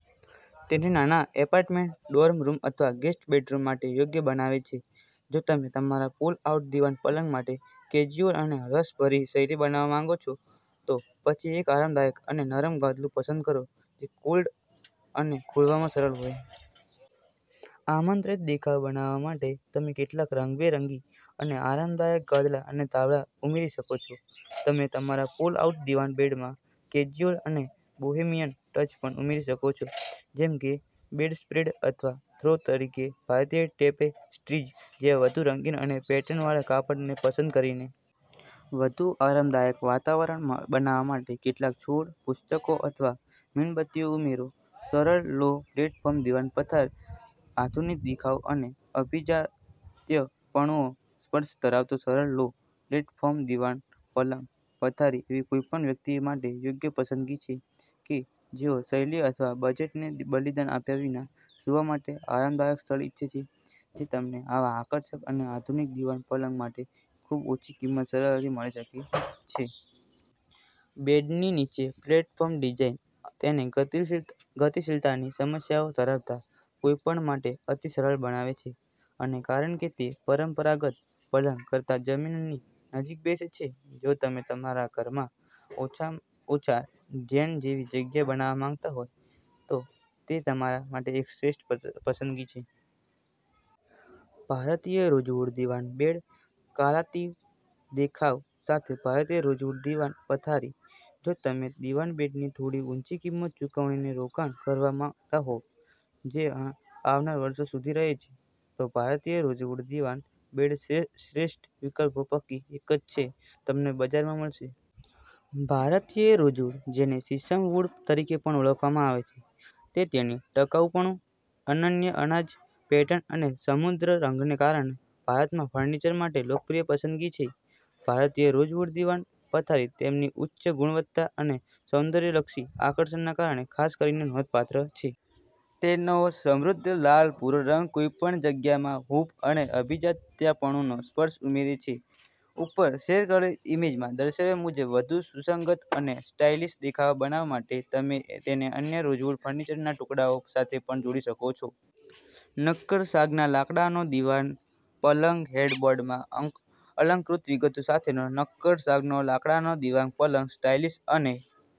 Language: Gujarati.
તેને નાના એપાર્ટમેન્ટ, ડોર્મ રૂમ અથવા ગેસ્ટ બેડરૂમ માટે યોગ્ય બનાવે છે. જો તમે તમારા પુલ-આઉટ દીવાન પલંગ માટે કેઝ્યુઅલ અને હળવાશભરી શૈલી બનાવવા માંગો છોતો પછી એક આરામદાયક અને નરમ ગાદલું પસંદ કરો જે ફોલ્ડ અને ખોલવામાં સરળ હોય. આમંત્રિત દેખાવ બનાવવા માટે તમે કેટલાક રંગબેરંગી અને આરામદાયક ગાદલા અને ધાબળા ઉમેરી શકો છો. તમે તમારા પુલ-આઉટ દીવાન બેડમાં કેઝ્યુઅલ અને બોહેમિયન ટચ પણ ઉમેરી શકો છો, જેમ કે બેડસ્પ્રેડ અથવા થ્રો તરીકે ભારતીય ટેપેસ્ટ્રીઝ જેવા વધુ રંગીન અને પેટર્નવાળા કાપડને પસંદ કરીને. વધુ આરામદાયક વાતાવરણમા બનાવવા માટે કેટલાક છોડ, પુસ્તકો અથવા મીણબત્તીઓ ઉમેરો! સરળ લો-પ્લેટફોર્મ દીવાન પથારી આધુનિક દેખાવ અને અભિજાત્યપણુનો સ્પર્શ ધરાવતો સરળ લો-પ્લેટફોર્મ દીવાન પલંગ. પથારી એવી કોઈપણ વ્યક્તિ માટે યોગ્ય પસંદગી છે કે જેઓ શૈલી અથવા બજેટને બલિદાન આપ્યા વિના સૂવા માટે આરામદાયક સ્થળ ઇચ્છે છે જે તમને આવા આકર્ષક અને આધુનિક દીવાન પલંગ માટે ખૂબઓછી કિંમતે સરળતાથી મળી શકે છે. બેડની નીચી પ્લેટફોર્મ ડિઝાઇન તેને ગતિશીત ગતિશીલતાની સમસ્યાઓ ધરાવતા કોઈપણ માટે અતિ સરળ બનાવે છે. અને કારણ કે તે પરંપરાગત પલંગ કરતાં જમીનની નજીક બેસે છે, જો તમે તમારા ઘરમાં ઓછામાં ઓછા, ઝેન જેવી જગ્યા બનાવવા માંગતા હોવ તો તે તમારા માટે એક શ્રેષ્ઠ પસંદગી છે. ભારતીય રોઝવુડ દીવાન બેડ કાલાતીત દેખાવ સાથે ભારતીય રોઝવૂડ દીવાન પથારી. જો તમે દિવાન બેડની થોડી ઊંચી કિંમત ચૂકવીને રોકાણ કરવા માંગતા હોવ જે આ આવનારા વર્ષો સુધી રહે છે, તો ભારતીય રોઝવૂડ દીવાન બેડશ્રેશ્રેષ્ઠ વિકલ્પો પૈકી એક છે જે તમને બજારમાં મળશે. ભારતીય રોઝવૂડ, જેને શીશમ વુડ તરીકે પણ ઓળખવામાં આવે છે, તે તેની ટકાઉપણું, અનન્ય અનાજ પેટર્ન અને સમૃદ્ધ રંગને કારણે ભારતમાં ફર્નિચર માટે લોકપ્રિય પસંદગી છે. ભારતીય રોઝવુડ દીવાન પથારી તેમની ઉચ્ચ ગુણવત્તા અને સૌંદર્યલક્ષી આકર્ષણને કારણે ખાસ કરીને નોંધપાત્ર છે. તેનો સમૃદ્ધ, લાલ-ભૂરો રંગ કોઈપણ જગ્યામાં હૂંફ અને અભિજાત્યપણુનો સ્પર્શ ઉમેરે છે. ઉપર શેર કરેલ ઈમેજમાં દર્શાવ્યા મુજબ વધુ સુસંગત અને સ્ટાઇલિશ દેખાવ બનાવવા માટે તમે તેને અન્ય રોઝવૂડ ફર્નિચરના ટુકડાઓ સાથે પણ જોડી શકો છો. નક્કર સાગના લાકડાનો દીવાન પલંગહેડબોર્ડમાં અંક અલંકૃત વિગતો સાથેનો નક્કર સાગનો લાકડાનો દીવાન પલંગ. સ્ટાઇલિશ અને